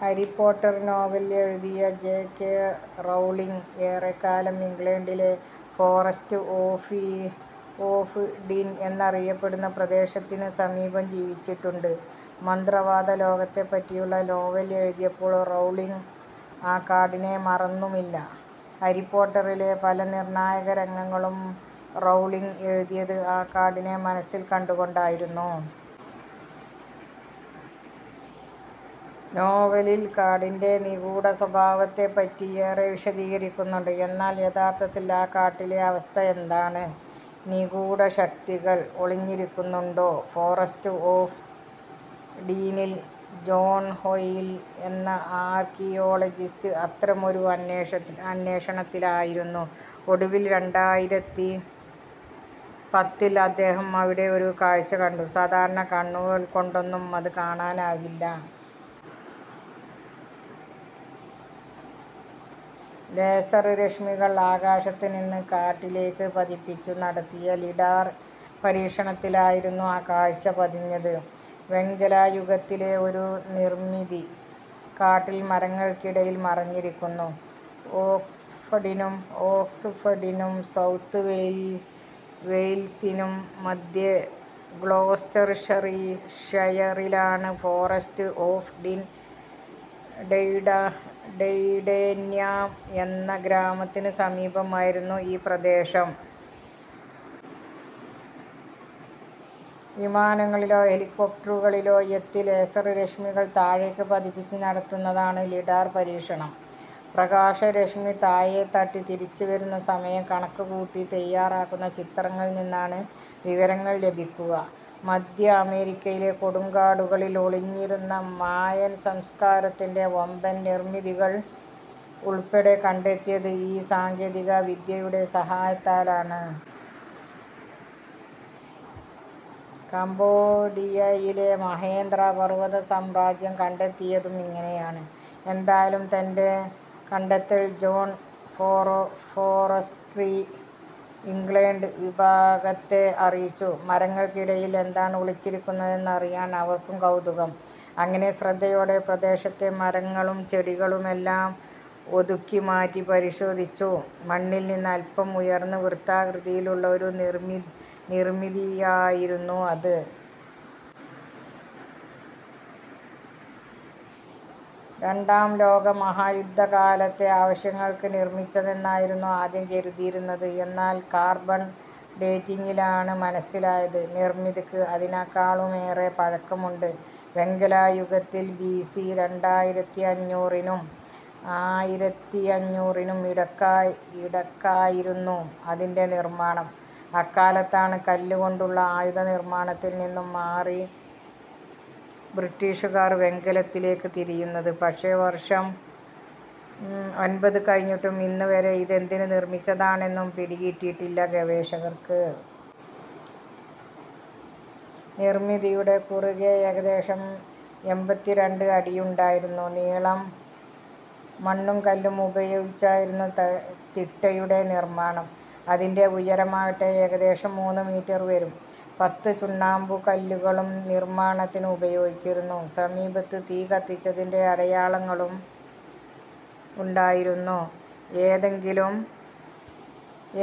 Harry Potter novel എഴുതിയ J. K Rowling ഏറെക്കാലം ഇംഗ്ലണ്ടിലെ ഫോറസ്റ്റ് ഓഫ് ഡീൻ എന്നറിയപ്പെടുന്ന പ്രദേശത്തിനു സമീപം ജീവിച്ചിട്ടുണ്ട്. മന്ത്രവാദ ലോകത്തെപ്പറ്റിയുള്ള നോവൽ എഴുതിയപ്പോൾ റൗളിങ് ആ കാടിനെ മറന്നുമില്ല. ഹാരിപോട്ടറിലെ പല നിർണായക രംഗങ്ങളും റൗളിങ് എഴുതിയത് ആ കാടിനെ മനസ്സിൽ കണ്ടുകൊണ്ടായിരുന്നു. നോവലിൽ കാടിന്‍റെ നിഗൂഢ സ്വഭാവത്തെപ്പറ്റി ഏറെ വിശദീകരിക്കുന്നുണ്ട്. എന്നാൽ യഥാർഥത്തിൽ ആ കാട്ടിലെ അവസ്ഥ എന്താണ്? നിഗൂഢ ശക്തികൾ ഒളിഞ്ഞിരിക്കുന്നുണ്ടോ ഫോറസ്റ്റ് ഓഫ് ഡീനിൽ? ജോൺ ഹോയ്ൽ എന്ന ആർക്കിയോളജിസ്റ്റ് അത്തരമൊരു അന്വേഷണത്തിലായിരുന്നു. ഒടുവിൽ രണ്ടായിരത്തി പത്തിൽ അദ്ദേഹം അവിടെ ഒരു കാഴ്ച കണ്ടു. സാധാരണ കണ്ണുകള്‍ കൊണ്ടൊന്നും അതു കാണാനാകില്ല. ലേസർ രശ്മികൾ ആകാശത്തു നിന്നു കാട്ടിലേക്കു പതിപ്പിച്ചു നടത്തിയ ലിഡാർ പരീക്ഷണത്തിലായിരുന്നു ആ കാഴ്ച പതിഞ്ഞത് – വെങ്കലയുഗത്തിലെ ഒരു നിർമിതി, കാട്ടിൽ മരങ്ങൾക്കിടയിൽ മറഞ്ഞിരിക്കുന്നു! ഓക്സ്ഫഡിനും സൗത്ത് വെയിൽസിനും മധ്യേ ഗ്ലോസ്റ്റർഷയറിലാണ് ഫോറസ്റ്റ് ഓഫ് ഡീൻ. ടൈഡെന്യാം എന്ന ഗ്രാമത്തിനു സമീപമായിരുന്നു ഈ പ്രദേശം. വിമാനങ്ങളിലോ ഹെലികോപ്ടറുകളിലോ എത്തി ലേസർ രശ്മികൾ താഴേക്കു പതിപ്പിച്ചു നടത്തുന്നതാണ് ലിഡാർ പരീക്ഷണം. പ്രകാശരശ്മി താഴെത്തട്ടി തിരിച്ചു വരുന്ന സമയം കണക്കുകൂട്ടി തയാറാക്കുന്ന ചിത്രങ്ങളിൽ നിന്നാണ് വിവരങ്ങൾ ലഭിക്കുക. മധ്യ അമേരിക്കയിലെ കൊടുങ്കാടുകളിൽ ഒളിഞ്ഞിരുന്ന മായൻ സംസ്കാരത്തിന്റെ വമ്പൻ നിർമിതികൾ ഉൾപ്പെടെ കണ്ടെത്തിയത് ഈ സാങ്കേതിക വിദ്യയുടെ സഹായത്താലാണ്. കംബോഡിയയിലെ മഹേന്ദ്ര പർവത സാമ്രാജ്യം കണ്ടെത്തിയതും ഇങ്ങനെയാണ്. എന്തായാലും തന്റെ കണ്ടെത്തൽ ജോൺ ഫോറസ്ട്രി ഇംഗ്ലണ്ട് വിഭാഗത്തെ അറിയിച്ചു. മരങ്ങൾക്കിടയിൽ എന്താണ് ഒളിച്ചിരിക്കുന്നതെന്നറിയാൻ അവർക്കും കൗതുകം. അങ്ങനെ ശ്രദ്ധയോടെ പ്രദേശത്തെ മരങ്ങളും ചെടികളുമെല്ലാം ഒതുക്കിമാറ്റി പരിശോധിച്ചു. മണ്ണിൽ നിന്ന് അൽപം ഉയർന്ന് വൃത്താകൃതിയിലുള്ള ഒരു നിർമിതിയായിരുന്നു അത്. രണ്ടാം ലോകമഹായുദ്ധകാലത്തെ ആവശ്യങ്ങൾക്കു നിർമിച്ചതെന്നായിരുന്നു ആദ്യം കരുതിയിരുന്നത്. എന്നാൽ കാർബൺ ഡേറ്റിങ്ങിലാണ് മനസ്സിലായത് – നിർമിതിക്ക് അതിനേക്കാളുമേറെ പഴക്കമുണ്ട്. വെങ്കലയുഗത്തിൽ, ബിസി രണ്ടായിരത്തിഅഞ്ഞൂറിനും ആയിറത്തിയഞ്ഞൂറിനും ഇടയ്ക്കായിരുന്നും അതിന്‍റെ നിർമാണം. അക്കാലത്താണ് കല്ലു കൊണ്ടുള്ള ആയുധ നിർമാണത്തിൽ നിന്നു മാറി ബ്രിട്ടിഷുകാർ വെങ്കലത്തിലേക്കു തിരിയുന്നത്. പക്ഷേ വർഷം ഒൻപതു കഴിഞ്ഞിട്ടും ഇന്നേവരെ ഇതെന്തിനു നിർമിച്ചതാണെന്നു പിടികിട്ടിയിട്ടില്ല ഗവേഷകര്‍ക്ക്. നിർമിതിയുടെ കുറുകെ ഏകദേശം എമ്പത്തി രണ്ട് അടിയുണ്ടായിരുന്നു നീളം. മണ്ണും കല്ലും ഉപയോഗിച്ചായിരുന്നു തിട്ടയുടെ നിർമാണം. അതിന്‍റെ ഉയരമാകട്ടെ ഏകദേശം മൂന്നു മീറ്റർ വരും. പത്ത് ചുണ്ണാമ്പുകല്ലുകളും നിർമാണത്തിന് ഉപയോഗിച്ചിരുന്നു. സമീപത്ത് തീ കത്തിച്ചതിന്‍റെ അടയാളങ്ങളും ഉണ്ടായിരുന്നു.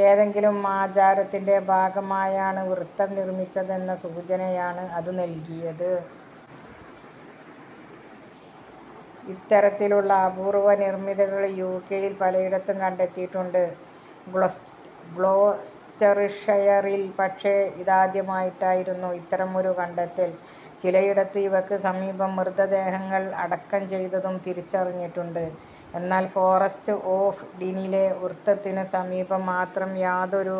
ഏതെങ്കിലും ആചാരത്തിന്‍റെ ഭാഗമായാണ് വൃത്തം നിർമിച്ചതെന്ന സൂചനയാണ് അതു നല്കിയത്. ഇത്തരത്തിലുള്ള അപൂർവ നിർമിതികൾ യുകെയിൽ പലയിടത്തും കണ്ടെത്തിയിട്ടുണ്ട്. ഗ്ലോസ്റ്റർഷയറിൽ പക്ഷേ ഇതാദ്യമായിട്ടായിരുന്നു ഇത്തരമൊരു കണ്ടെത്തൽ. ചിലയിടത്ത് ഇവയ്ക്കു സമീപം മൃതദേഹങ്ങൾ അടക്കം ചെയ്തതും തിരിച്ചറിഞ്ഞിട്ടുണ്ട്. എന്നാൽ ഫോറസ്റ്റ് ഓഫ് ഡീനിലെ വൃത്തത്തിനു സമീപം മാത്രം യാതൊരു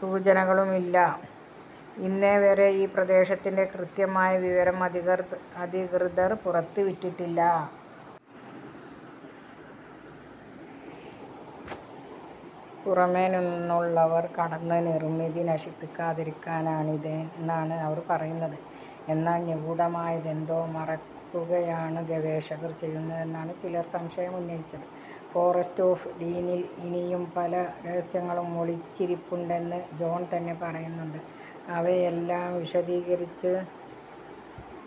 സൂചനകളുമില്ല. ഇന്നേവരെ ഈ പ്രദേശത്തിന്‍റെ കൃത്യമായ വിവരം അധികൃതർ പുറത്തുവിട്ടിട്ടില്ല. പുറമെ നിന്നുള്ളവർ കടന്ന് നിർമിതി നശിപ്പിക്കാതിരിക്കാനാണിതെന്നാണ് അവർ പറയുന്നത്. എന്നാൽ നിഗൂഢമായതെന്തോ മറയ്ക്കുകയാണു ഗവേഷകർ ചെയ്യുന്നതെന്നാണ് ചിലർ സംശയമുന്നയിച്ചത്. ഫോറസ്റ്റ് ഓഫ് ഡീനിൽ ഇനിയും പല രഹസ്യങ്ങളും ഒളിച്ചിരിപ്പുണ്ടെന്ന് ജോൺ തന്നെ പറയുന്നുമുണ്ട്. അവയെല്ലാം വിശദീകരിച്ച്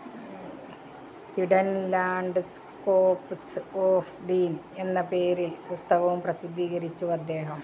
' ഹിഡൻ ലാൻഡ്സ്കേപ്സ് ഓഫ് ഡീൻ ' എന്ന പേരിൽ പുസ്തകവും പ്രസിദ്ധീകരിച്ചു അദ്ദേഹം.